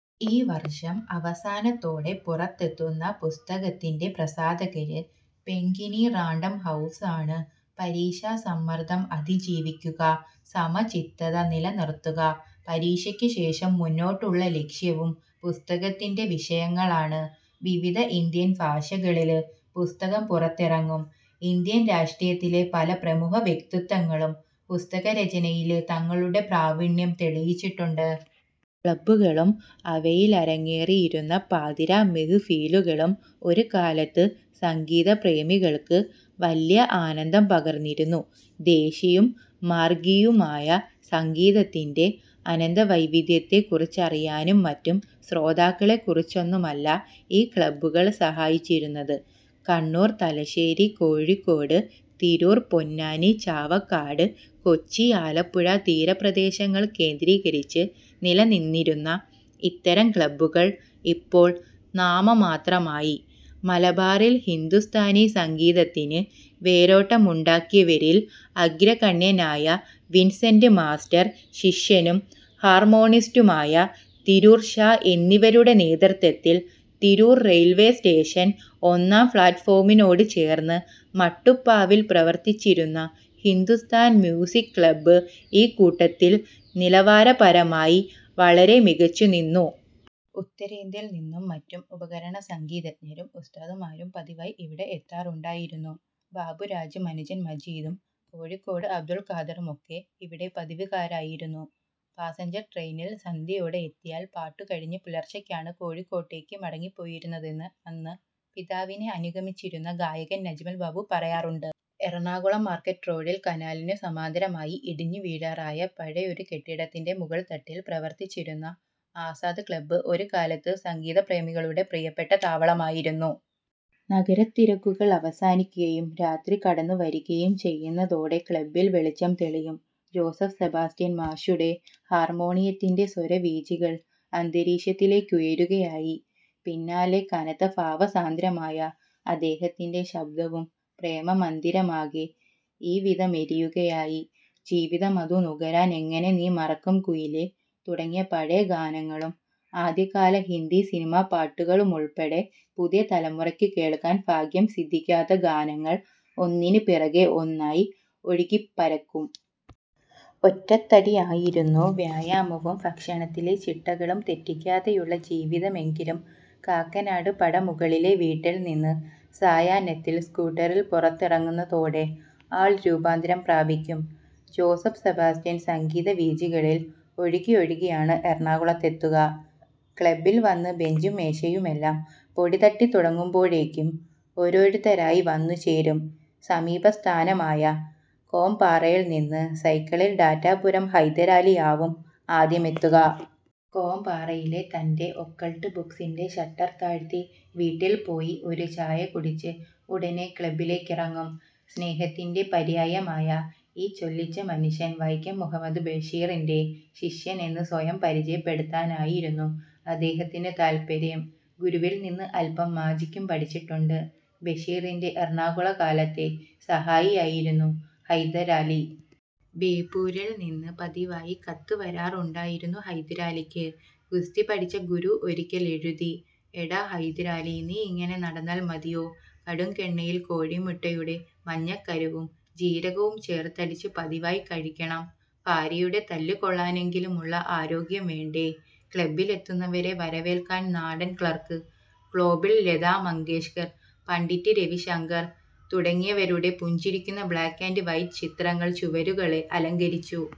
ഈ വര്ഷം അവസാനത്തോടെ പുറത്തെത്തുന്ന പുസ്തകത്തിന്റെ പ്രസാധകര് പെന്ഗ്വിന് റാന്ഡം ഹൗസാണ്. പരീക്ഷാ സമ്മര്ദം അതിജീവിക്കുക, സമചിത്തത നില നിര്ത്തുക, പരീക്ഷയ്ക്കു ശേഷം മുന്നോട്ടുള്ള ലക്ഷ്യവും പുസ്തകത്തിന്റെ വിഷയങ്ങളാണ്. വിവിധ ഇന്ത്യന് ഭാഷകളില് പുസ്തകം പുറത്തിറങ്ങും. ഇന്ത്യന് രാഷ്ട്രീയത്തിലെ പല പ്രമുഖ വ്യക്തിത്വങ്ങളും പുസ്തകരചനയില് തങ്ങളുടെ പ്രാവീണ്യം തെളിയിച്ചിട്ടുണ്ട്. ക്ളബ്ബുകളും അവയിൽ അരങ്ങേറിയിരുന്ന പാതിരാ മെഹ്ഫിലുകളും ഒരുകാലത്ത് സംഗീതപ്രേമികൾക്ക് വലിയ ആനന്ദം പകർന്നിരുന്നു. ദേശിയും മാർഗിയുമായ സംഗീതത്തിന്റെ അനന്തവൈവിധ്യത്തെക്കുറിച്ചറിയാനുംമറ്റും ശ്രോതാക്കളെ കുറച്ചൊന്നുമല്ല ഈ ക്ളബ്ബുകൾ സഹായിച്ചിരുന്നത്. കണ്ണൂർ, തലശ്ശേരി, കോഴിക്കോട്, തിരൂർ, പൊന്നാനി, ചാവക്കാട്, കൊച്ചി, ആലപ്പുഴ തീരപ്രദേശങ്ങൾ കേന്ദ്രീകരിച്ച് നിലനിന്നിരുന്ന ഇത്തരം ക്ളബ്ബുകൾ ഇപ്പോൾ നാമമാത്രമായി. മലബാറിൽ ഹിന്ദുസ്ഥാനി സംഗീതത്തിന് വേരോട്ടമുണ്ടാക്കിയവരിൽ അഗ്രഗണ്യനായ വിൻസെന്റ് മാസ്റ്റർ, ശിഷ്യനും ഹാർമോണിസ്റ്റുമായ തിരൂർ ഷാ എന്നിവരുടെ നേതൃത്വത്തിൽ തിരൂർ റെയിൽവേസ്റ്റേഷൻ ഒന്നാം പ്ളാറ്റ്ഫോമിനോടുചേർന്ന് മട്ടുപ്പാവിൽ പ്രവർത്തിച്ചിരുന്ന ഹിന്ദുസ്ഥാൻ മ്യൂസിക് ക്ളബ്ബ് ഇക്കൂട്ടത്തിൽ നിലവാരപരമായി വളരെ മികച്ചുനിന്നു. ഉത്തരേന്ത്യയിൽനിന്നുംമറ്റും ഉപകരണസംഗീതജ്ഞരും ഉസ്താദുമാരും പതിവായി ഇവിടെ എത്താറുണ്ടായിരുന്നു. ബാബുരാജും അനുജൻ മജീദും കോഴിക്കോട് അബ്ദുൽഖാദറുമൊക്കെ ഇവിടെ പതിവുകാരായിരുന്നു. പാസഞ്ചർ ട്രെയിനിൽ സന്ധ്യയോടെ എത്തിയാൽ പാട്ടുകഴിഞ്ഞ് പുലർച്ചയ്ക്കാണ് കോഴിക്കോട്ടേക്ക് മടങ്ങിപ്പോയിരുന്നതെന്ന് അന്ന് പിതാവിനെ അനുഗമിച്ചിരുന്ന ഗായകൻ നജ്മൽ ബാബു പറയാറുണ്ട്. എറണാകുളം മാർക്കറ്റ് റോഡിൽ കനാലിനുസമാന്തരമായി ഇടിഞ്ഞുവീഴാറായ പഴയൊരു കെട്ടിടത്തിന്റെ മുകൾത്തട്ടിൽ പ്രവർത്തിച്ചിരുന്ന ആസാദ് ക്ളബ്ബ് ഒരു കാലത്ത് സംഗീതപ്രേമികളുടെ പ്രിയപ്പെട്ട താവളമായിരുന്നു. നഗരത്തിരക്കുകൾ അവസാനിക്കുകയും രാത്രി കടന്നുവരികയും ചെയ്യുന്നതോടെ ക്ളബ്ബിൽ വെളിച്ചം തെളിയും. ജോസഫ് സെബാസ്റ്റ്യൻ മാഷുടെ ഹാർമോണിയത്തിന്റെ സ്വരവീചികൾ അന്തരീക്ഷത്തിലേക്കുയരുകയായി.… പിന്നാലെ കനത്ത, ഭാവസാന്ദ്രമായ അദ്ദേഹത്തിന്റെ ശബ്ദവും. പ്രേമമന്ദിരമാകെ ഈവിധമെരിയുകയായ്, ജീവിതമധു നുകരാൻ, എങ്ങനെ നീ മറക്കും കുയിലേ തുടങ്ങിയ പഴയഗാനങ്ങളും ആദ്യകാല ഹിന്ദി സിനിമാപ്പാട്ടുകളുമുൾപ്പടെ പുതിയ തലമുറയ്ക്ക് കേൾക്കാൻ ഭാഗ്യംസിദ്ധിക്കാത്ത ഗാനങ്ങൾ ഒന്നിനുപിറകേ ഒന്നായി ഒഴുകിപ്പരക്കും. ഒറ്റത്തടിയായിരുന്നു. വ്യായാമവും ഭക്ഷണത്തിലെ ചിട്ടകളും തെറ്റിക്കാതെയുള്ള ജീവിതം. എങ്കിലും കാക്കനാട് പടമുകളിലെ വീട്ടിൽനിന്ന് സായാഹ്നത്തിൽ സ്കൂട്ടറിൽ പുറത്തിറങ്ങുന്നതോടെ ആൾ രൂപാന്തരം പ്രാപിക്കും. Joseph Sebastian സംഗീതവീചികളിൽ ഒഴുകിയൊഴുകിയാണ് എറണാകുളത്തെത്തുക. ക്ളബ്ബിൽ വന്ന് ബെഞ്ചും മേശയുമെല്ലാം പൊടിതട്ടിത്തുടങ്ങുമ്പോഴേക്കും ഓരോരുത്തരായി വന്നുചേരും. സമീപസ്ഥമായ കോമ്പാറയിൽനിന്ന് സൈക്കിളിൽ ടാറ്റാപുരം ഹൈദരലിയാവും ആദ്യമെത്തുക. കോമ്പാറയിലെ തന്റെ ഒക്കൾട്ട് ബുക്സിന്റെ ഷട്ടർ താഴ്ത്തി വീട്ടിൽ പോയി ഒരു ചായകുടിച്ച് ഉടനെ ക്ളബ്ബിലേക്കിറങ്ങും സ്നേഹത്തിന്റെ പര്യായമായ ഈ ചെല്ലിച്ച മനുഷ്യൻ. വൈക്കം മുഹമ്മദ് ബഷീറിന്റെ ശിഷ്യൻ എന്ന് സ്വയം പരിചയപ്പെടുത്താനായിരുന്നു അദ്ദേഹത്തിന് താത്പര്യം. ഗുരുവിൽനിന്ന് അൽപം മാജിക്കും പഠിച്ചിട്ടുണ്ട്. ബഷീറിന്റെ എറണാകുളംകാലത്തെ സഹായിയായിരുന്നു ഹൈദരാലി. ബേപ്പൂരിൽനിന്ന് പതിവായി കത്തുവരാറുണ്ടായിരുന്നു ഹൈദരാലിക്ക്. ഗുസ്തിപഠിച്ച ഗുരു ഒരിക്കൽ എഴുതി'എടാ ഹൈദരാലി, നീ ഇങ്ങനെ നടന്നാൽ മതിയോ. കടുകെണ്ണയിൽ കോഴിമുട്ടയുടെ മഞ്ഞക്കരുവും ജീരകവും ചേർത്തടിച്ച് പതിവായി കഴിക്കണം. ഭാര്യയുടെ തല്ലുകൊള്ളാനെങ്കിലുമുള്ള ആരോഗ്യം വേണ്ടേ. 'ക്ളബ്ബിലെത്തുന്നവരെ വരവേൽക്കാൻ നടൻ ക്ളാർക് ഗേബിൾ, ലതാ മങ്കേഷ്കർ, പണ്ഡിറ്റ് രവിശങ്കർ തുടങ്ങിയവരുടെ പുഞ്ചിരിക്കുന്ന ബ്ളാക്ക് ആൻഡ് വൈറ്റ് ചിത്രങ്ങൾ ചുവരുകളെ അലങ്കരിച്ചു.